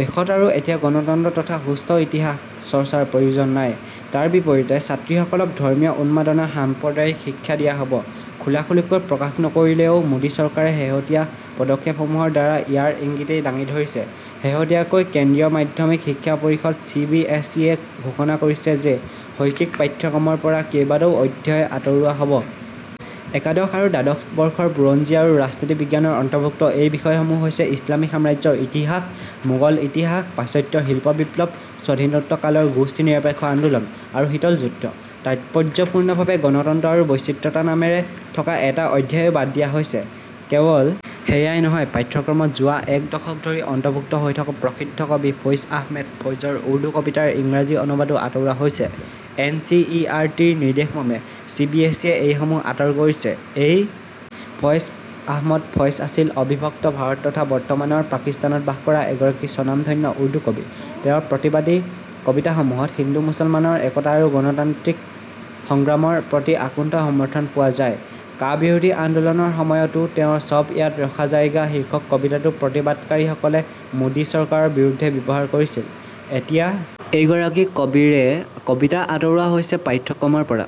দেশত আৰু এতিয়া গণতন্ত্ৰ তথা সুস্থ ইতিহাস চৰ্চাৰ প্ৰয়োজন নাই। তাৰ বিপৰীতে ছাত্ৰীসকলক ধৰ্মীয় উন্মাদনা, সাম্প্ৰদায়িক শিক্ষা দিয়া হ'ব। খোলাখুলিকৈ প্ৰকাশ নকৰিলেও মোদী চৰকাৰে শেহতীয়া পদক্ষেপসমূহৰ দ্বাৰা ইয়াৰ ইংগিতেই দাঙি ধৰিছে। শেহতীয়াকৈ কেন্দ্ৰীয় মাধ্যমিক শিক্ষা পৰিষদ চি‌ বি এছ ইয়ে ঘোষণা কৰিছে যে শৈক্ষিক পাঠ্যক্ৰমৰ পৰা কেইবাটাও অধ্যায় আঁতৰোৱা হ'ব । একাদশ আৰু দ্বাদশ বৰ্ষৰ বুৰঞ্জী আৰু ৰাজনীতি বিজ্ঞানৰ অন্তৰ্ভূক্ত এই বিষয়সমূহ হৈছে ইচলামিক সাম্ৰাজ্যৰ ইতিহাস, মোগল ইতিহাস, পাশ্চাত্যৰ শিল্প বিপ্লৱ, স্বাধীনোত্তৰ কালৰ গোষ্ঠী নিৰপেক্ষ আন্দোলন আৰু শীতল যুদ্ধ। তাৎপৰ্যপূৰ্ণভাৱে গণতন্ত্ৰ আৰু বৈচিত্ৰতা নামেৰে থকা এটা অধ্যায়ও বাদ দিয়া হৈছে। কেৱল সেয়াই নহয়, পাঠ্যক্ৰমত যোৱা এক দশক ধৰি অন্তৰ্ভুক্ত হৈ থকা প্ৰসিদ্ধ কবি ফইজ আহমেদ ফইজৰ উৰ্দু কবিতাৰ ইংৰাজী অনুবাদো আঁতৰোৱা হৈছে। এন চি ই আৰ টিৰ নিৰ্দেশমৰ্মে চি বি এছ ইয়ে এইসমূহ আঁতৰ কৰিছে। এই ফইজ আহমদ ফইজ আছিল অবিভক্ত ভাৰত তথা বৰ্তমানৰ পাকিস্তানত বাস কৰা এগৰাকী স্বনামধন্য উৰ্দু কবি। তেওঁৰ প্ৰতিবাদী কবিতাসমূহত হিন্দুমুছলমানৰ একতা আৰু গণতান্ত্ৰিক সংগ্ৰামৰ প্ৰতি আকুণ্ঠ সমৰ্থন পোৱা যায়। কা বিৰোধী আন্দোলনৰ সময়তো তেওঁৰ চব য়াদ ৰখা জায়েগা শীৰ্ষক কবিতাটো প্ৰতিবাদকাৰীসকলে মোদী চৰকাৰৰ বিৰুদ্ধে ব্যৱহাৰ কৰিছিল। এতিয়া এইগৰাকী কবিৰে কবিতা আঁতৰোৱা হৈছে পাঠ্যক্ৰমৰ পৰা।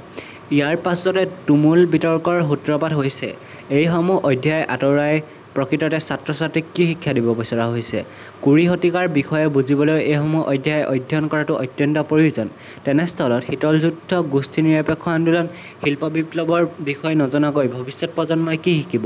ইয়াৰ পাছতে তুমূল বিতৰ্কৰ সূত্ৰপাত হৈছে। এইসমূহ অধ্যায় আঁতৰাই প্ৰকৃততে ছাত্ৰছাত্ৰীক কি শিক্ষা দিব বিচৰা হৈছে? কুৰি শতিকাৰ বিষয়ে বুজিবলৈ এইসমূহ অধ্যায় অধ্যয়ন কৰাটো অত্যন্ত প্ৰয়োজন। তেনেস্থলত শীতল যুদ্ধ, গোষ্ঠীনিৰপেক্ষ আন্দোলন, শিল্প বিপ্লৱৰ বিষয়ে নজনাকৈ ভৱিষ্যত প্ৰজন্মই কি শিকিব?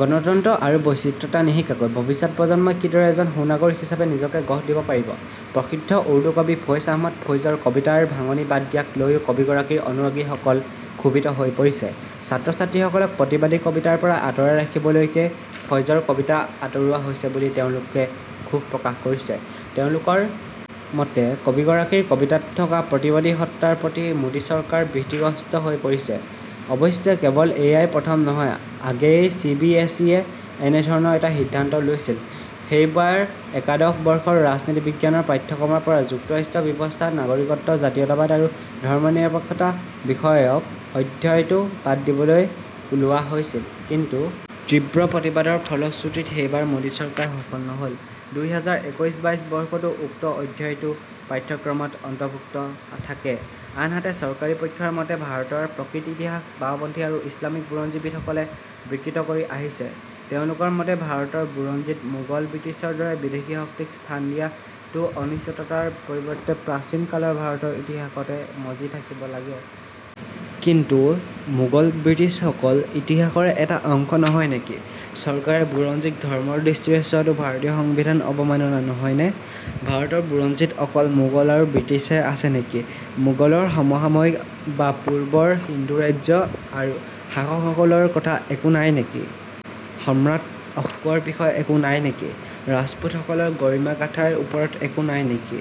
গণতন্ত্ৰ আৰু বৈচিত্ৰতা নিশিকাকৈ ভৱিষ্যত প্ৰজন্মই কিদৰে এজন সুনাগৰিক হিচাপে নিজকে গঢ় দিব পাৰিব? প্ৰসিদ্ধ উৰ্দু কবি ফইজ আহমদ ফইজৰ কবিতাৰ ভাঙনি বাদ দিয়াক লৈও কবিগৰাকীৰ অনুৰাগীসকল ক্ষোভিত হৈ পৰিছে। ছাত্ৰছাত্ৰীসকলক প্ৰতিবাদী কবিতাৰ পৰা আঁতৰাই ৰাখিবলৈকে ফইজৰ কবিতা আঁতৰোৱা হৈছে বুলি তেওঁলোকে ক্ষোভ প্ৰকাশ কৰিছে। তেওঁলোকৰ মতে কবিগৰাকীৰ কবিতাত থকা প্ৰতিবাদী সত্ত্বাৰ প্ৰতি মোদী চৰকাৰ ভীতিগ্ৰস্ত হৈ পৰিছে। অৱশ্যে কেৱল এয়াই প্ৰথম নহয়। আগেয়ে চি বি এছ ইয়ে এনেধৰণৰ এটা সিদ্ধান্ত লৈছিল, সেইবাৰ একাদশ বৰ্ষৰ ৰাজনীতি বিজ্ঞানৰ পাঠ্যক্ৰমৰ পৰা যুক্তৰাষ্ট্ৰীয় ব্যৱস্থা, নাগৰিকত্ব, জাতীয়তাবাদ আৰু ধৰ্মনিৰপেক্ষতা বিষয়ক অধ্যায়টো বাদ দিবলৈ লোৱা হৈছিল। কিন্তু তীব্ৰ প্ৰতিবাদৰ ফলশ্ৰুতিত সেইবাৰ মোদী চৰকাৰ সফল নহ'ল। দুই হাজাৰ একৈশ বাইশ বৰ্ষতো উক্ত অধ্যায়টো পাঠ্যক্ৰমত অন্তৰ্ভুক্ত থাকে। আনহাতে চৰকাৰী পক্ষৰ মতে ভাৰতৰ প্ৰকৃত ইতিহাস বাওঁপন্থী আৰু ইছলামিক বুৰঞ্জীবিদসকলে বিকৃত কৰি আহিছে। তেওঁলোকৰ মতে ভাৰতৰ বুৰঞ্জীত মোগল ব্ৰিটিছৰ দৰে বিদেশী শক্তিক স্থান দিয়াটো অনুচিততাৰ পৰিবৰ্তে প্ৰাচীন কালৰ ভাৰতৰ ইতিহাসতে মজি থাকিব লাগে। কিন্তু মোগল ব্ৰিটিছসকল ইতিহাসৰে এটা অংশ নহয় নেকি? চৰকাৰে বুৰঞ্জীক ধৰ্মৰ দৃষ্টিৰে চোৱাটো ভাৰতীয় সংবিধান অৱমাননা নহয় নে? ভাৰতৰ বুৰঞ্জীত অকল মোগল আৰু ব্ৰিটিছহে আছে নেকি? মোগলৰ সমসাময়িক বা পূৰ্বৰ হিন্দু ৰাজ্য আৰু শাসকসকলৰ কথা একো নাই নেকি? সম্ৰাট অশোকৰ বিষয়ে একো নাই নেকি? ৰাজপুতসকলৰ গৰিমা গাথাৰ ওপৰত একো নাই নেকি?